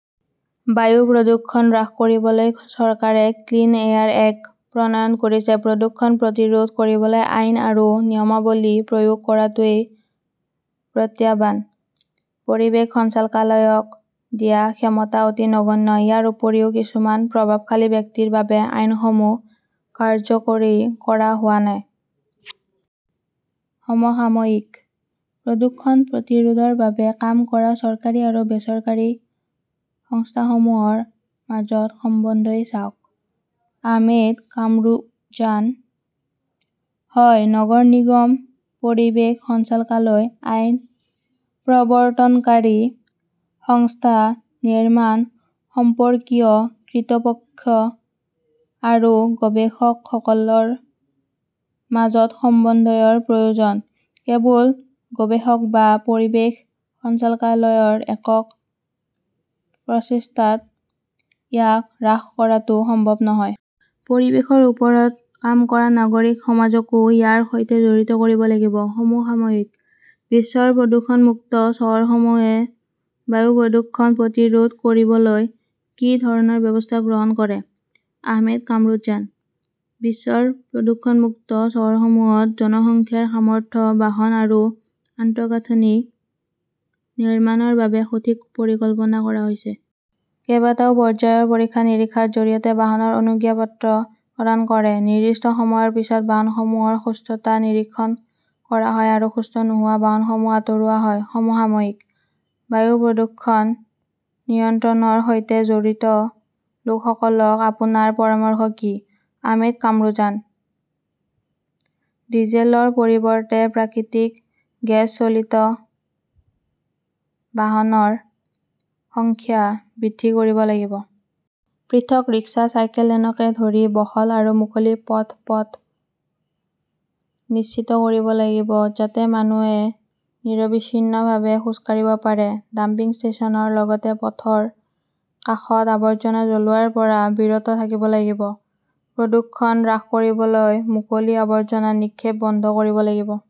বায়ু প্ৰদূষণ হ্ৰাস কৰিবলৈ চৰকাৰে 'ক্লিন এয়াৰ এক্ট প্ৰণয়ন কৰিছে। প্ৰদূষণ প্ৰতিৰোধ কৰিবলৈ আইন আৰু নিয়মাৱলী প্ৰয়োগ কৰাটোৱেই প্ৰত্যাহ্বান। পৰিৱেশ সঞ্চালকালয়ক দিয়া ক্ষমতা অতি নগণ্য। ইয়াৰ উপৰিও কিছুমান প্ৰভাৱশালী ব্যক্তিৰ বাবে আইনসমূহ কাৰ্যকৰী কৰা হোৱা নাই। সমসাময়িকঃ প্ৰদূষণ প্ৰতিৰোধৰ বাবে কাম কৰা চৰকাৰী আৰু বেচৰকাৰী সংস্থাসমূহৰ মাজত সমন্বয় চাওক? আহমেদ কামৰুজানঃ হয়। নগৰ নিগম, পৰিৱেশ সঞ্চালকালয়, আইন প্ৰৱৰ্তনকাৰী সংস্থা, নিৰ্মাণ সম্পৰ্কীয় কৰ্তৃপক্ষ আৰু গৱেষকসকলৰ মাজত সমন্বয়ৰ প্ৰয়োজন। কেৱল গৱেষক বা পৰিৱেশ সঞ্চালকালয়ৰ একক প্ৰচেষ্টাত ইয়াক হ্ৰাস কৰাটো সম্ভৱ নহয়। পৰিৱেশৰ ওপৰত কাম কৰা নাগৰিক সমাজকো ইয়াৰ সৈতে জড়িত কৰিব লাগিব। সমসাময়িকঃ বিশ্বৰ প্ৰদূষণমুক্ত চহৰসমূহে বায়ু প্ৰদূষণ প্ৰতিৰোধ কৰিবলৈ কি ধৰণৰ ব্যৱস্থা গ্ৰহণ কৰে আহমেদ কামৰুজানঃ বিশ্বৰ প্ৰদূষণমুক্ত চহৰসমূহত জনসংখ্যাৰ সামৰ্থ্য, বাহন আৰু আন্তঃগাঁথনি নিৰ্মাণৰ বাবে সঠিক পৰিকল্পনা কৰা হৈছে। কেইবাটাও পৰ্যায়ৰ পৰীক্ষা-নিৰীক্ষাৰ জৰিয়তে বাহনৰ অনুজ্ঞাপত্ৰ প্ৰদান কৰে। নিৰ্দিষ্ট সময়ৰ পিছত বাহনসমূহৰ সুস্থতা নিৰীক্ষণ কৰা হয় আৰু সুস্থ নোহোৱা বাহনসমূহ আঁতৰোৱা হয়। সমসাময়িকঃ বায়ু প্ৰদূষণ নিয়ন্ত্ৰণৰ সৈতে জড়িত লোকসকলক আপোনাৰ পৰামৰ্শ কি আহমেদ কামৰুজানঃ ডিজেলৰ পৰিৱৰ্তে প্ৰাকৃতিক গেছ চালিত বাহনৰ সংখ্যা বৃদ্ধি কৰিব লাগিব। পৃথক ৰিক্সা, চাইকেল লেনকে ধৰি বহল আৰু মুকলি পদপথ নিশ্চিত কৰিব লাগিব যাতে মানুহে নিৰবিচ্ছিন্নভাৱে খোজ কাঢ়িব পাৰে। ডাম্পিং ষ্টেচনৰ লগতে পথৰ কাষত আৱৰ্জনা জ্বলোৱাৰ পৰা বিৰত থাকিব লাগিব। প্ৰদূষণ হ্ৰাস কৰিবলৈ মুকলি আৱৰ্জনা নিক্ষেপ বন্ধ কৰিব লাগিব।